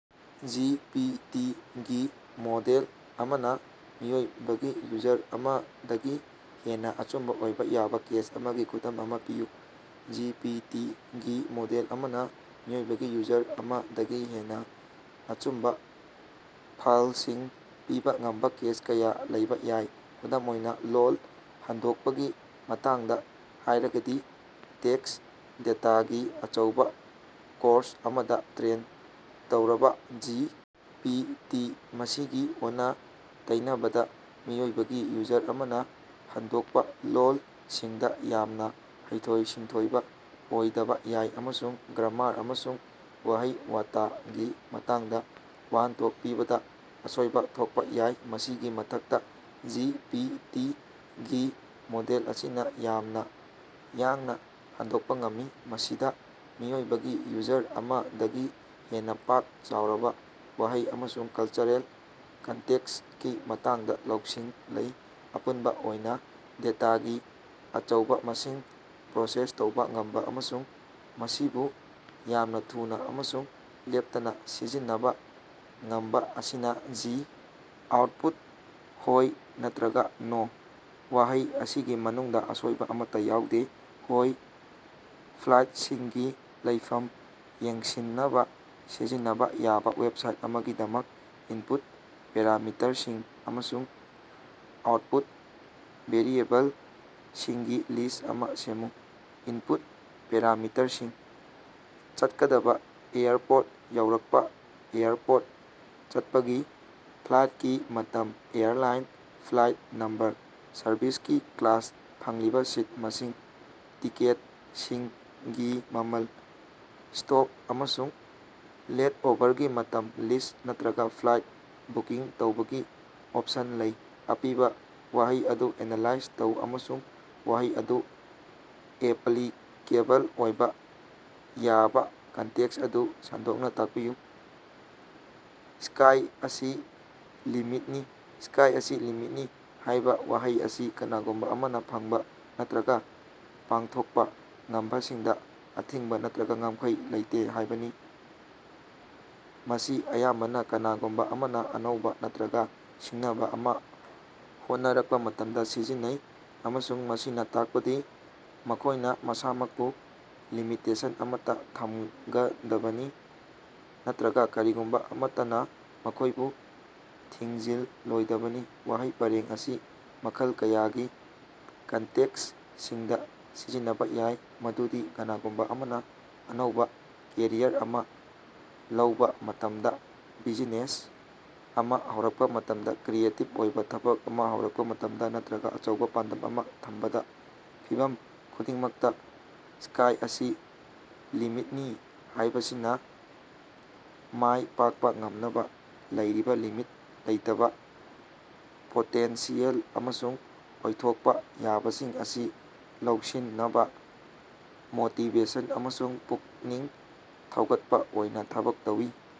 G. P. T. ꯒꯤ model ꯑꯃꯅ ꯃꯤꯑꯣꯏꯕꯒꯤ ꯌꯨꯖꯔ ꯑꯃꯗꯒꯤ ꯍꯦꯟꯅꯥ ꯑꯆꯨꯝꯕ ꯑꯣꯏꯕ ꯌꯥꯕ ꯀꯦꯁ ꯑꯃꯒꯤ ꯈꯨꯗꯝ ꯑꯃ ꯄꯤꯌꯨ꯫ ꯖꯤ. ꯄꯤ. ꯇꯤ. ꯒꯤ ꯃꯣꯗꯦꯜ ꯑꯃꯅ ꯃꯤꯑꯣꯏꯕꯒꯤ ꯌꯨꯖꯔ ꯑꯃꯗꯒꯤ ꯍꯦꯟꯅ ꯑꯆꯨꯝꯕꯥ ꯐꯥꯏꯂꯁꯤꯡ ꯄꯤꯕ ꯉꯝꯕꯥ ꯀꯦꯁ ꯀꯌꯥ ꯂꯩꯕ ꯌꯥꯏ꯫ ꯈꯨꯗꯝ ꯑꯣꯏꯅ, ꯂꯣꯜ ꯍꯟꯗꯣꯛꯄꯒꯤ ꯃꯇꯥꯡꯗ ꯍꯥꯏꯔꯒꯗꯤ, ꯇꯦꯛꯁ ꯗꯇꯥꯒꯤ ꯑꯆꯧꯕ ꯀꯣꯔꯁ ꯑꯃꯗ ꯇ꯭ꯔꯦꯟ ꯇꯧꯔꯕ ꯖꯤ. ꯄꯤ. ꯇꯤ. ꯃꯁꯤꯒꯤ ꯑꯣꯟꯅ-ꯇꯩꯅꯕꯗ, ꯃꯤꯑꯣꯏꯕꯒꯤ ꯌꯨꯖꯔ ꯑꯃꯅ ꯍꯟꯗꯣꯛꯄꯥ ꯂꯣꯜꯁꯤꯡꯗ ꯌꯥꯝꯅ ꯍꯩꯊꯣꯏ-ꯁꯤꯡꯊꯣꯏꯕ ꯑꯣꯏꯗꯕ ꯌꯥꯏ ꯑꯃꯁꯨꯡ ꯒ꯭ꯔꯃꯥꯔ ꯑꯃꯁꯨꯡ ꯋꯥꯍꯩ ꯋꯥꯇꯒꯤ ꯃꯇꯥꯡꯗ ꯋꯥꯍꯟꯊꯣꯛ ꯄꯤꯕꯗꯥ ꯑꯁꯣꯏꯕꯥ ꯊꯣꯛꯄꯥ ꯌꯥꯏ꯫ ꯃꯁꯤꯒꯤ ꯃꯊꯛꯇꯥ, ꯖꯤ. ꯄꯤ. ꯇꯤ. ꯒꯤ ꯃꯣꯗꯦꯜ ꯑꯁꯤꯅ ꯌꯥꯝꯅ ꯌꯥꯡꯅ ꯍꯟꯗꯣꯛꯄ ꯉꯝꯃꯤ, ꯃꯁꯤꯗ ꯃꯤꯑꯣꯏꯕꯒꯤ ꯌꯨꯖꯔ ꯑꯃꯗꯒꯤ ꯍꯦꯟꯅꯥ ꯄꯥꯛ ꯆꯥꯎꯔꯕ ꯋꯥꯍꯩ ꯑꯃꯁꯨꯡ ꯀꯜꯆꯔꯦꯜ ꯀꯟꯇꯦꯛꯁꯀꯤ ꯃꯇꯥꯡꯗ ꯂꯧꯁꯤꯡ ꯂꯩ꯫ ꯑꯄꯨꯟꯕꯥ ꯑꯣꯏꯅ, ꯗꯦꯇꯥꯒꯤ ꯑꯆꯧꯕ ꯃꯁꯤꯡ ꯄ꯭ꯔꯣꯁꯦꯁ ꯇꯧꯕ ꯉꯝꯕꯥ, ꯑꯃꯁꯨꯡ ꯃꯁꯤꯕꯨ ꯌꯥꯝꯅ ꯊꯨꯅꯥ ꯑꯃꯁꯨꯡ ꯂꯦꯞꯇꯅꯥ ꯁꯤꯖꯤꯟꯅꯕꯥ ꯉꯝꯕꯥ ꯑꯁꯤꯅ ꯖꯤ. ꯑꯥꯎꯠꯄꯨꯠ ꯍꯣꯏ ꯅꯠꯇꯔ꯭ꯒ ꯅꯣ꯫ ꯋꯥꯍꯩ ꯑꯁꯤꯒꯤ ꯃꯅꯨꯡꯗꯥ ꯑꯁꯣꯏꯕ ꯑꯃꯠꯇꯥ ꯌꯥꯎꯗꯦ꯫ ꯍꯣꯏ ꯐ꯭ꯂꯥꯏꯠꯁꯤꯡꯒꯤ ꯂꯩꯐꯝ ꯌꯦꯡꯁꯤꯟꯅꯕꯥ ꯁꯤꯖꯤꯟꯅꯕꯥ ꯌꯥꯕ ꯋꯦꯕꯁꯥꯏꯠ ꯑꯃꯒꯤꯗꯃꯛ ꯏꯟꯄꯨꯠ ꯄꯦꯔꯥꯃꯤꯇꯔꯁꯤꯡ ꯑꯃꯁꯨꯡ ꯑꯥꯎꯠꯄꯨꯠ ꯚꯦꯔꯤꯑꯦꯕꯜꯁꯤꯡꯒꯤ ꯂꯤꯁ ꯑꯃ ꯁꯦꯝꯃꯨ꯫ ꯏꯟꯄꯨꯠ ꯄꯦꯔꯥꯃꯤꯇꯔꯁꯤꯡ: ꯆꯠꯀꯗꯕꯥ ꯑꯦꯌꯔꯄꯣꯔꯠ ꯌꯧꯔꯛꯄꯥ ꯑꯦꯌꯔꯄꯣꯔꯠ ꯆꯠꯄꯒꯤ ꯐ꯭ꯂꯥꯏꯠꯀꯤ ꯃꯇꯝ ꯑꯦꯌꯔꯂꯥꯏꯟ ꯐ꯭ꯂꯥꯏꯠ ꯅꯝꯕꯔ ꯁꯔꯚꯤꯁꯀꯤ ꯀ꯭ꯂꯥꯁ ꯐꯪꯂꯤꯕ ꯁꯤꯠ ꯃꯁꯤꯡ ꯇꯤꯀꯦꯠ(ꯁꯤꯡ)ꯒꯤ ꯃꯃꯜ ꯁ꯭ꯇꯣꯞ ꯑꯃꯁꯨꯡ ꯂꯦꯠꯑꯣꯚꯔꯒꯤ ꯃꯇꯝ ꯂꯤꯁ ꯅꯠꯇꯔ꯭ꯒ ꯐ꯭ꯂꯥꯏꯠ ꯕꯨꯀꯤꯡ ꯇꯧꯕꯒꯤ ꯑꯣꯞꯁꯟ ꯂꯩ꯫ ꯑꯄꯤꯕ ꯋꯥꯍꯩ ꯑꯗꯨ ꯑꯦꯅꯥꯂꯥꯏꯖ ꯇꯧ ꯑꯃꯁꯨꯡ ꯋꯥꯍꯩ ꯑꯗꯨ ꯑꯦꯄꯂꯤꯀꯦꯕꯜ ꯑꯣꯏꯕ ꯌꯥꯕ ꯀꯟꯇꯦꯛꯁ ꯑꯗꯨ ꯁꯟꯗꯣꯛꯅ ꯇꯥꯛꯄꯤꯌꯨ꯫ "ꯁ꯭ꯀꯥꯏ ꯑꯁꯤ ꯂꯤꯃꯤꯠꯅꯤ"꯫ "ꯁ꯭ꯀꯥꯏ ꯑꯁꯤ ꯂꯤꯃꯤꯠꯅꯤ" ꯍꯥꯏꯕ ꯋꯥꯍꯩ ꯑꯁꯤ ꯀꯅꯥꯒꯨꯝꯕ ꯑꯃꯅ ꯐꯪꯕ ꯅꯠꯇꯔꯒ ꯄꯥꯡꯊꯣꯛꯄ ꯉꯝꯕꯁꯤꯡꯗ ꯑꯊꯤꯡꯕ ꯅꯠꯇꯔꯒ ꯉꯝꯈꯩ ꯂꯩꯇꯦ ꯍꯥꯏꯕꯅꯤ꯫ ꯃꯁꯤ ꯑꯌꯥꯝꯕꯅ ꯀꯅꯥꯒꯨꯝꯕ ꯑꯃꯅ ꯑꯅꯧꯕ ꯅꯠꯇꯔꯒ ꯁꯤꯡꯅꯕ ꯑꯃ ꯍꯣꯠꯅꯔꯛꯄ ꯃꯇꯝꯗ ꯁꯤꯖꯤꯟꯅꯩ, ꯑꯃꯁꯨꯡ ꯃꯁꯤꯅ ꯇꯥꯛꯄꯗꯤ ꯃꯈꯣꯏꯅꯥ ꯃꯁꯥꯃꯛꯄꯨ ꯂꯤꯃꯤꯇꯦꯁꯟ ꯑꯃꯠꯇꯥ ꯊꯝꯒꯗꯕꯅꯤ ꯅꯠꯇꯔ꯭ꯒꯥ ꯀꯔꯤꯒꯨꯝꯕ ꯑꯃꯠꯇꯅꯥ ꯃꯈꯣꯏꯕꯨ ꯊꯤꯡꯖꯤꯜꯂꯣꯏꯗꯕꯅꯤ꯫ ꯋꯥꯍꯩ ꯄꯔꯦꯡ ꯑꯁꯤ ꯃꯈꯜ ꯀꯌꯥꯒꯤ ꯀꯟꯇꯦꯛꯁꯁꯤꯡꯗ ꯁꯤꯖꯤꯟꯅꯕ ꯌꯥꯏ, ꯃꯗꯨꯗꯤ ꯀꯅꯥꯒꯨꯝꯕ ꯑꯃꯅ ꯑꯅꯧꯕ ꯀꯦꯔꯤꯌꯔ ꯑꯃ ꯂꯧꯕ ꯃꯇꯝꯗꯥ, ꯕꯤꯖꯤꯅꯦꯁ ꯑꯃ ꯍꯧꯔꯛꯄ ꯃꯇꯝꯗ, ꯀ꯭ꯔꯤꯌꯦꯇꯤꯕ ꯑꯣꯏꯕ ꯊꯕꯛ ꯑꯃ ꯍꯧꯔꯛꯄꯥ ꯃꯇꯝꯗ ꯅꯠꯇꯔ꯭ꯒ ꯑꯆꯧꯕ ꯄꯥꯟꯗꯝ ꯑꯃꯥ ꯊꯝꯕꯗꯥ꯫ ꯐꯤꯚꯝ ꯈꯨꯗꯤꯡꯃꯛꯇꯥ "ꯁ꯭ꯀꯥꯏ ꯑꯁꯤ ꯂꯤꯃꯤꯠꯅꯤ" ꯍꯥꯏꯕꯁꯤꯅꯥ ꯃꯥꯏ ꯄꯥꯛꯄ ꯉꯝꯅꯕꯥ ꯂꯩꯔꯤꯕꯥ ꯂꯤꯃꯤꯠ ꯂꯩꯇꯕ ꯄꯣꯇꯦꯟꯁꯤꯌꯦꯜ ꯑꯃꯁꯨꯡ ꯑꯣꯏꯊꯣꯛꯄ ꯌꯥꯕꯁꯤꯡ ꯑꯁꯤ ꯂꯧꯁꯤꯟꯅꯕ ꯃꯣꯇꯤꯕꯦꯁꯟ ꯑꯃꯁꯨꯡ ꯄꯨꯛꯅꯤꯡ ꯊꯧꯒꯠꯄ ꯑꯣꯏꯅ ꯊꯕꯛ ꯇꯧꯏ꯫